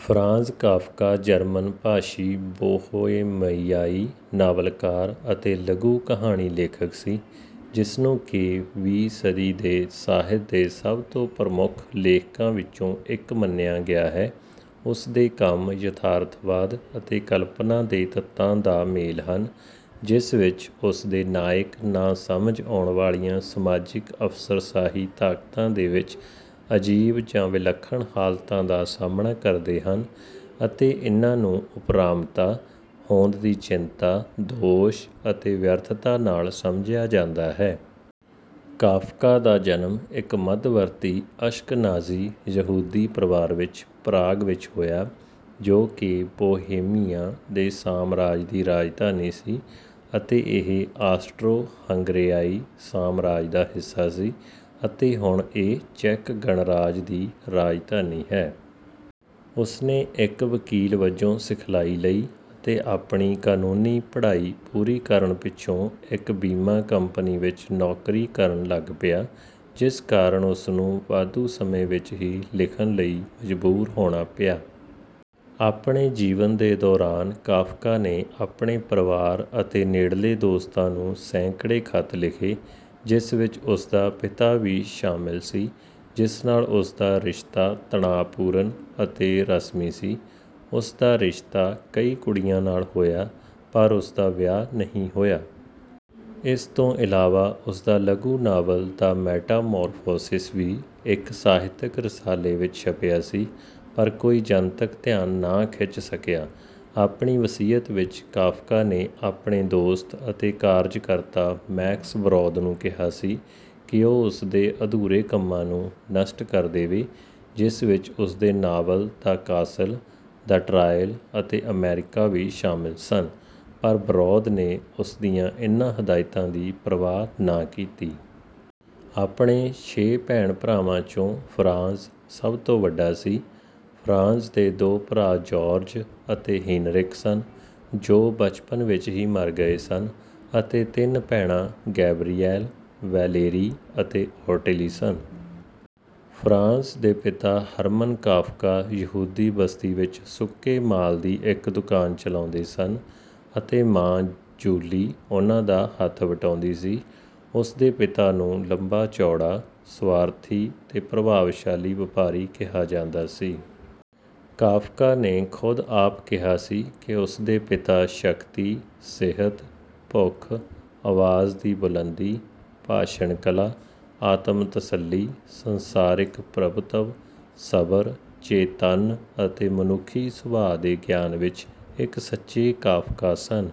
Franz Kafka German ਭਾਸ਼ੀ ਬੋਹੇਮੀਆਈ ਨਾਵਲਕਾਰ ਅਤੇ ਲਘੂ-ਕਹਾਣੀ ਲੇਖਕ ਸੀ, ਜਿਸਨੂੰ ਕਿ ਵੀ ਸਦੀ ਦੇ ਸਾਹਿਤ ਦੇ ਸਭ ਤੋਂ ਪ੍ਰਮੁੱਖ ਲੇਖਕਾਂ ਵਿੱਚੋਂ ਇੱਕ ਮੰਨਿਆ ਗਿਆ ਹੈ। ਉਸਦੇ ਕੰਮ ਯਥਾਰਥਵਾਦ ਅਤੇ ਕਲਪਨਾ ਦੇ ਤੱਤਾਂ ਦਾ ਮੇਲ ਹਨ, ਜਿਸ ਵਿੱਚ ਉਸਦੇ ਨਾਇਕ ਨਾ ਸਮਝ ਆਉਣ ਵਾਲੀਆਂ ਸਮਾਜਿਕ ਅਫ਼ਸਰਸ਼ਾਹੀ ਤਾਕਤਾਂ ਦੇ ਵਿੱਚ ਅਜੀਬ ਜਾਂ ਵਿਲੱਖਣ ਹਾਲਤਾਂ ਦਾ ਸਾਹਮਣਾ ਕਰਦੇ ਹਨ, ਅਤੇ ਇਨ੍ਹਾਂ ਨੂੰ ਉਪਰਾਮਤਾ, ਹੋਂਦ ਦੀ ਚਿੰਤਾ, ਦੋਸ਼ ਅਤੇ ਵਿਅਰਥਤਾ ਨਾਲ ਸਮਝਿਆ ਜਾਂਦਾ ਹੈ। ਕਾਫ਼ਕਾ ਦਾ ਜਨਮ ਇੱਕ ਮੱਧਵਰਤੀ ਅਸ਼ਕਨਾਜ਼ੀ ਯਹੂਦੀ ਪਰਿਵਾਰ ਵਿੱਚ ਪਰਾਗ ਵਿੱਚ ਹੋਇਆ ਜੋ ਕਿ ਬੋਹੇਮੀਆ ਦੇ ਸਾਮਰਾਜ ਦੀ ਰਾਜਧਾਨੀ ਸੀ ਅਤੇ ਇਹ ਆਸਟ੍ਰੋ-ਹੰਗਰੇਆਈ ਸਾਮਰਾਜ ਦਾ ਹਿੱਸਾ ਸੀ, ਅਤੇ ਹੁਣ ਇਹ ਚੈੱਕ ਗਣਰਾਜ ਦੀ ਰਾਜਧਾਨੀ ਹੈ। ਉਸਨੇ ਇੱਕ ਵਕੀਲ ਵੱਜੋਂ ਸਿਖਲਾਈ ਲਈ ਅਤੇ ਆਪਣੀ ਕਾਨੂੰਨੀ ਪੜ੍ਹਾਈ ਪੂਰੀ ਕਰਨ ਪਿੱਛੋਂ ਇੱਕ ਬੀਮਾ ਕੰਪਨੀ ਵਿੱਚ ਨੌਕਰੀ ਕਰਨ ਲੱਗ ਪਿਆ, ਜਿਸ ਕਾਰਨ ਉਸਨੂੰ ਵਾਧੂ ਸਮੇਂ ਵਿੱਚ ਹੀ ਲਿਖਣ ਲਈ ਮਜਬੂਰ ਹੋਣਾ ਪਿਆ। ਆਪਣੇ ਜੀਵਨ ਦੇ ਦੌਰਾਨ ਕਾਫ਼ਕਾ ਨੇ ਆਪਣੇ ਪਰਿਵਾਰ ਅਤੇ ਨੇੜਲੇ ਦੋਸਤਾਂ ਨੂੰ ਸੈਂਕੜੇ ਖ਼ਤ ਲਿਖੇ, ਜਿਸ ਵਿੱਚ ਉਸਦਾ ਪਿਤਾ ਵੀ ਸ਼ਾਮਿਲ ਸੀ, ਜਿਸ ਨਾਲ ਉਸਦਾ ਰਿਸ਼ਤਾ ਤਣਾਅਪੂਰਨ ਅਤੇ ਰਸਮੀ ਸੀ। ਉਸਦਾ ਰਿਸ਼ਤਾ ਕਈ ਕੁੜੀਆਂ ਨਾਲ ਹੋਇਆ ਪਰ ਉਸਦਾ ਵਿਆਹ ਨਹੀਂ ਹੋਇਆ। ਇਸ ਤੋਂ ਇਲਾਵਾ ਉਸਦਾ ਲਘੂ-ਨਾਵਲ ਦ ਮੈਟਾਮੌਰਫੋਸਿਸ ਵੀ ਇੱਕ ਸਾਹਿਤਿਕ ਰਸਾਲੇ ਵਿੱਚ ਛਪਿਆ ਸੀ, ਪਰ ਕੋਈ ਜਨਤਕ ਧਿਆਨ ਨਾ ਖਿੱਚ ਸਕਿਆ। ਆਪਣੀ ਵਸੀਅਤ ਵਿੱਚ ਕਾਫ਼ਕਾ ਨੇ ਆਪਣੇ ਦੋਸਤ ਅਤੇ ਕਾਰਜ-ਕਰਤਾ ਮੈਕਸ ਬਰੌਦ ਨੂੰ ਕਿਹਾ ਸੀ ਕਿ ਉਹ ਉਸਦੇ ਅਧੂਰੇ ਕੰਮਾਂ ਨੂੰ ਨਸ਼ਟ ਕਰ ਦੇਵੇ, ਜਿਸ ਵਿੱਚ ਉਸਦੇ novel The Castle, The Trial ਅਤੇ ਅਮੇਰਿਕਾ ਵੀ ਸ਼ਾਮਿਲ ਸਨ, ਪਰ ਬਰੌਦ ਨੇ ਉਸਦੀਆਂ ਇਨ੍ਹਾਂ ਹਦਾਇਤਾਂ ਦੀ ਪਰਵਾਹ ਨਾ ਕੀਤੀ। ਆਪਣੇ ਛੇ ਭੈਣ-ਭਰਾਵਾਂ 'ਚੋਂ ਫ਼ਰਾਂਜ਼ ਸਭ ਤੋਂ ਵੱਡਾ ਸੀ। ਫ਼ਰਾਂਜ਼ ਦੇ ਦੋ ਭਰਾ ਜੌਰਜ ਤੇ ਹੀਨਰਿਕ ਸਨ ਜੋ ਬਚਪਨ ਵਿੱਚ ਹੀ ਮਰ ਗਏ ਸਨ ਅਤੇ ਤਿੰਨ ਭੈਣਾਂ ਗੈਬਰੀਐਲ, ਵੈਲੇਰੀ ਤੇ ਔਟਿਲੀ ਸਨ। ਫ਼ਰਾਂਜ਼ ਦੇ ਪਿਤਾ, ਹਰਮਨ ਕਾਫ਼ਕਾ ਯਹੂਦੀ ਬਸਤੀ ਵਿੱਚ ਸੁੱਕੇ ਮਾਲ ਦੀ ਇੱਕ ਦੁਕਾਨ ਚਲਾਉਂਦੇ ਸਨ ਅਤੇ ਮਾਂ, ਜੂਲੀ ਉਹਨਾਂ ਦਾ ਹੱਥ ਵਟਾਉਂਦੀ ਸੀ। ਉਸ ਦੇ ਪਿਤਾ ਨੂੰ ਲੰਬਾ-ਚੌੜਾ, ਸਵਾਰਥੀ ਤੇ ਪ੍ਰਭਾਵਸ਼ਾਲੀ ਵਪਾਰੀ ਕਿਹਾ ਜਾਂਦਾ ਸੀ। ਕਾਫ਼ਕਾ ਨੇ ਖੁਦ ਆਪ ਕਿਹਾ ਸੀ ਕਿ ਉਸ ਦੇ ਪਿਤਾ ਸ਼ਕਤੀ, ਸਿਹਤ, ਭੁੱਖ, ਅਵਾਜ਼ ਦੀ ਬੁਲੰਦੀ, ਭਾਸ਼ਣ ਕਲਾ, ਆਤਮ-ਤਸੱਲੀ, ਸੰਸਾਰਿਕ ਪ੍ਰਭੁਤਵ, ਸਬਰ, ਚੇਤੰਨ ਅਤੇ ਮਨੁੱਖੀ ਸੁਭਾਅ ਦੇ ਗਿਆਨ ਵਿੱਚ ਇੱਕ ਸੱਚੇ ਕਾਫ਼ਕਾ ਸਨ।